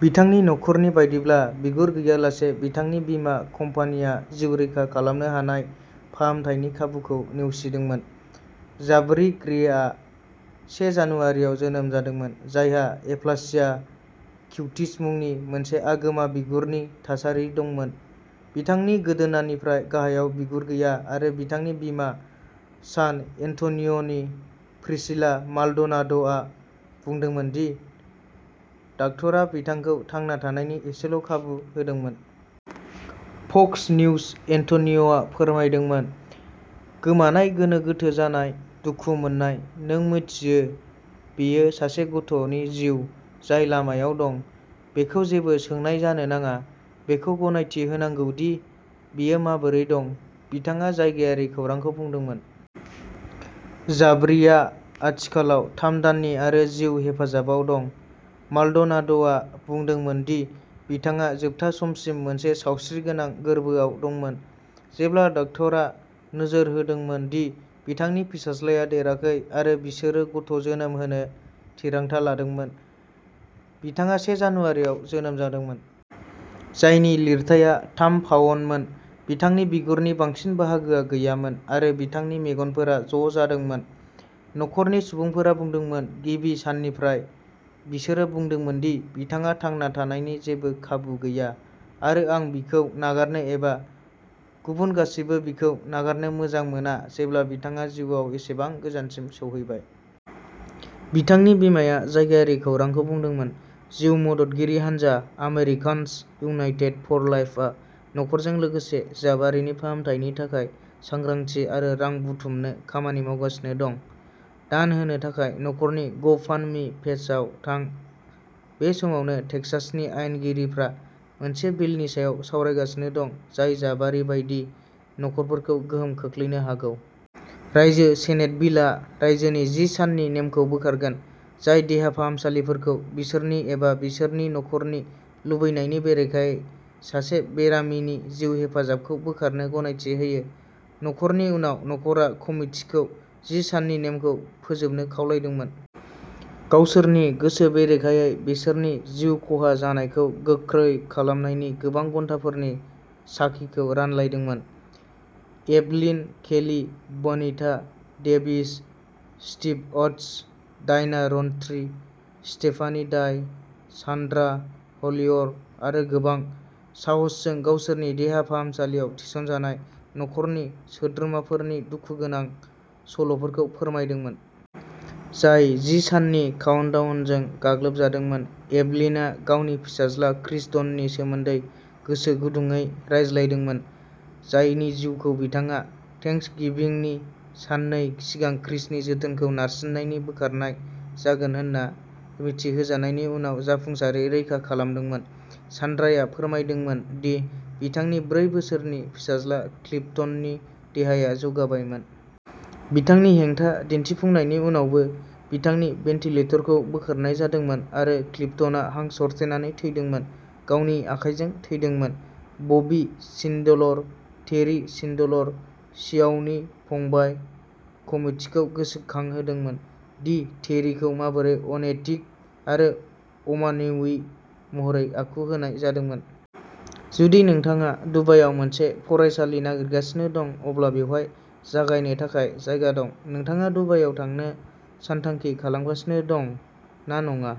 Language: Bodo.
बिथांनि नखरनि बायदिब्ला बिगुर गैयालासे बिथांनि बीमा कम्पानिया जिउ रैखा खालामनो हानाय फाहामथायनि खाबुखौ नेवसिदोंमोन। जाबरी ग्रेआ से जानुवारियाव जोनोम जादोंमोन। जायहा एप्लासिया क्युटिस मुंनि मोनसे आगोमा बिगुरनि थासारि दंमोन। बिथांनि गोदोनानिफ्राय गाहायाव बिगुर गैया आरो बिथांनि बिमा सान एन्ट'निय'नि प्रिसिला माल्ड'नाद'आ बुंदोंमोन दि डाक्ट'रा बिथांखौ थांना थानायनि एसेल'खाबु होदोंमोन। फक्स निउज एन्ट'निय'आ फोरमायदोंमोन। गोमानाय गोनो गोथो जानाय, दुखु मोननाय, नों मिथियो बेयो सासे गथ'नि जिउ जाय लामायाव दं। बेखौ जेबो सोंनाय जानो नाङा। बेखौ गनायथि होनांगौ दि बेयो माबोरै दं। बिथाङा जायगायारि खौरांखौ बुंदोंमोन। जाबरीआ आथिखालाव थाम दाननि आरो जिउ हेफाजाबाव दं। माल्ड'नाद'आ बुंदोंमोन दि बिथाङा जोबथा समसिम मोनसे सावस्रिगोनां गोर्बोआव दंमोन। जेब्ला डाक्ट'रा नोजोर होदोंमोन दि बिथांनि फिसाज्लाया देराखै आरो बिसोरो गथ'जोनोम होनो थिरांथा लादोंमोन। बिथाङा से जानुवारियाव जोनोम जादोंमोन। जायनि लिरथाया थाम पाउन्दमोन। बिथांनि बिगुरनि बांसिन बाहागोआ गैयामोन आरो बिथांनि मेगनफोरा ज'जादोंमोन। नखरनि सुबुंफोरा बुंदोंमोन। गिबि साननिफ्राय बिसोरो बुंदोंमोन दि बिथांहा थांना थानायनि जेबो खाबु गैया आरो आं बिखौ नागारनो एबा गुबुन गासैबो बिखौ नागारनो मोजां मोना जेब्ला बिथाङा जिउआव एसेबां गोजानसिम सौहैबाय। बिथांनि बिमाया जायगायारि खौरांखौ बुंदोंमोन। जिउ मददगिरि हानजा आमेरिकान्स इउनाइटेड फर लाइफआ नखरजों लोगोसे जाबारिनि फाहामथायनि थाखाय सांग्रांथि आरो रां बुथुमनो खामानि मावगासिनो दं। दान होनो थाखाय नखरनि ग'फान्डमी पेजआव थां। बे समावनो टेक्सासनि आयेनगिरिफ्रा मोनसे बिलनि सायाव सावरायगासिनो दं जाय जाबारि बायदि नखरफोरखौ गोहोम खोख्लैनो हागौ। रायजो सेनेट बिल आ रायजोनि जि साननि नेमखौ बोखारगोन। जाय देहा फाहामसालिफोरखौ बिसोरनि एबा बिसोरनि नखरनि लुबैनायनि बेरेखायै सासे बेरामिनि जिउ हेफाजाबखौ बोखारनो गनायथि होयो। नखरनि उनाव न'खरआ कमितिखौ जि साननि नेमखौ फोजोबनो खावलायदोंमोन। गावसोरनि गोसो बेरेखायै बिसोरनि जिउ खहा जानायखौ गोख्रै खालामनायनि गोबां घन्टाफोरनि साखिखौ रानलायदोंमोन। Evelyn Kelly, Bonita Davis, Steve Arts, Diana Rountree, Stephanie Dye, Sandra हलियर आरो गोबां। साहसजों गावसोरनि देहा फाहामसालियाव थिसनजानाय नखरनि सोद्रोमाफोरनि दुखुगोनां सल'फोरखौ फोरमायदोंमोन। जाय जि साननि काउन्टडाउनजों गाग्लोबजादोंमोन। एभलिनआ गावनि फिसाज्ला क्रिस डननि सोमोन्दै गोसो गुदुंयै रायज्लायदोंमोन। जायनि जिउखौ बिथाङा थेंक्सगिविंनि साननै सिगां क्रिसनि जोथोनखौ नारसिननानै बोखारनाय जागोन होनना मिथिहोजानायनि उनाव जाफुंसारै रैखा खालामदोंमोन। सान्ड्राया फोरमायदोंमोन दि बिथांनि ब्रै बोसोरनि फिसाज्ला क्लिफटननि देहाया जौगाबायमोन। बिथांनि हेंथा दिन्थिफुंनायनि उनावबो बिथांनि भेन्टिलेटरखौ बोखारनाय जादोंमोन आरो क्लिफटनआ हां सरथेनानै थैदोंमोन। गावनि आखाइजों थैदोंमोन। बबी शिन्डलर, टेरी शिन्डलर शियाव'नि फंबाय कमितिखौ गोसोखांहोदोंमोन दि टेरीखौ माबोरै अनैतिक आरो अमानवीय महरै आखु होनाय जादोंमोन। जुदि नोंथाङा दुबाइआव मोनसे मोजां फरायसालि नागिरगासिनो दं अब्ला बेवहाय जागायनो थाखाय जायगा दं। नोंथाङा दुबाइआव थांनो सानथांखि खालामगासिनो दं ना नङा।